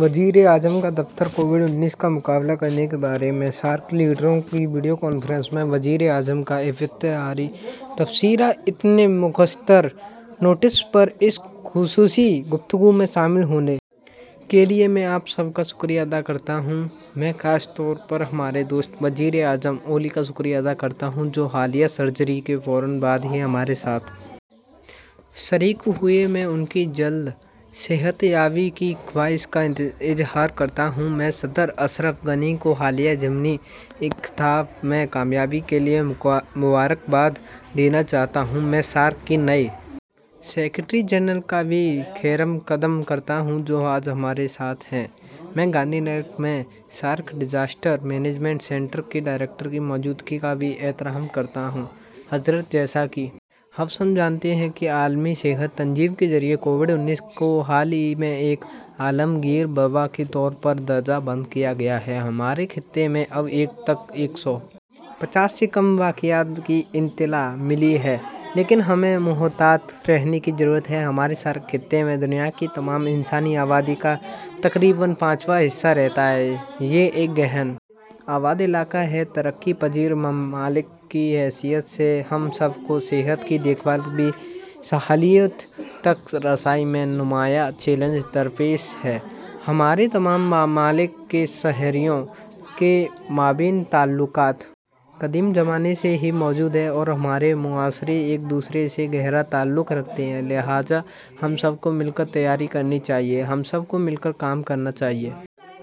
وزیر اعظم کا دفتر کووڈ انیس کا مقابلہ کرنے کے بارے میں سارک لیڈروں کی ویڈیو کانفرنس میں وزیر اعظم کا افتتاحی تبصرہ اتنے مختصر نوٹس پر اس خصوصی گفتگو میں شامل ہونے کے لیے میں آپ سب کا شکریہ ادا کرتا ہوں میں خاص طور پر ہمارے دوست وزیر اعظم اولی کا شکریہ ادا کرتا ہوں جو حالیہ سرجری کے فوراً بعد ہی ہمارے ساتھ شریک ہوئے میں ان کی جلد صحتیابی کی خواہش کا اظہار کرتا ہوں میں صدر اشرف غنی کو حالیہ ضمنی انتخاب میں کامیابی کے لیے مبارکباد دینا چاہتا ہوں میں سارک کے نئے سکریٹری جنرل کا بھی خیرمقدم کرتا ہوں جو آج ہمارے ساتھ ہیں میں گاندھی نگر سے سارک ڈیزاسٹر مینجمنٹ سنٹر کے ڈائریکٹر کی موجودگی کا بھی احترام کرتا ہوں عزت مآب جیسا کہ ہم سب جانتے ہیں عالمی صحت تنظیم کے ذریعہ کووڈ انیس کو حال ہی میں ایک عالمگیر وبا کے طور پر درجہ بند کیا گیا ہے ہمارے خطے میں اب تک ایک سو پچاس سے کم واقعات کی اطلاع ملی ہے لیکن ہمیں محتاط رہنے کی ضرورت ہے ہمارے سارک خطے میں دنیا کی تمام انسانی آبادی کا تقریباً پانچواں حصہ رہتا ہے یہ ایک گنجان آباد علاقہ ہے ترقی پذیر ممالک کی حیثیت سے ہم سب کو صحت کی دیکھ بھال کی سہولیات تک رسائی میں نمایاں چیلنجز درپیش ہیں ہمارے تمام ممالک کے شہریوں کے مابین تعلقات قدیم زمانے سے ہی موجود ہیں اور ہمارے معاشرے ایک دوسرے سے گہرا تعلق رکھتے ہیں لہذا ہم سب کو مل کر تیاری کرنی چاہیے ہم سب کو مل کر کام کرنا چاہیے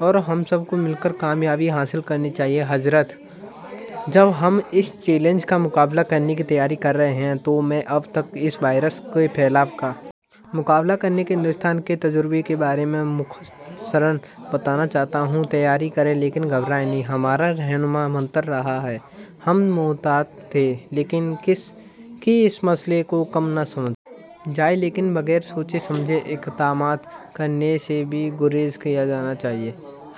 اور ہم سب کو مل کر کامیابی حاصل کرنی چاہیے عزت مآب جب ہم اس چیلنج کا مقابلہ کرنے کی تیاری کر رہے ہیں تو میں اب تک اس وائرس کے پھیلاؤ کا مقابلہ کرنے کے ہندوستان کے تجربے کے بارے میں مختصراً بتانا چاہتا ہوں تیاری کریں لیکن گھبرائیں نہیں ہمارا رہنما منتر رہا ہے ہم محتاط تھے کہ اس مسئلے کو کم نہ سمجھا جائے لیکن بغیر سوچے سمجھے اقدامات کرنے سے بھی گریز کیا جانا چاہیے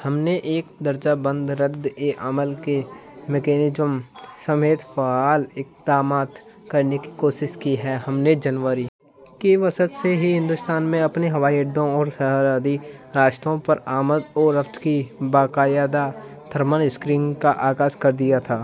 ہم نے ایک درجہ بند رد عمل کے میکانزم سمیت فعال اقدامات کرنے کی کوشش کی ہے ہم نے جنوری کے وسط سے ہی ہندوستان میں اپنے ہوائی اڈوں اور سرحدی راستوں پر آمد و رفت کی باقاعدہ تھرمل اسکریننگ کا آغاز کر دیا تھا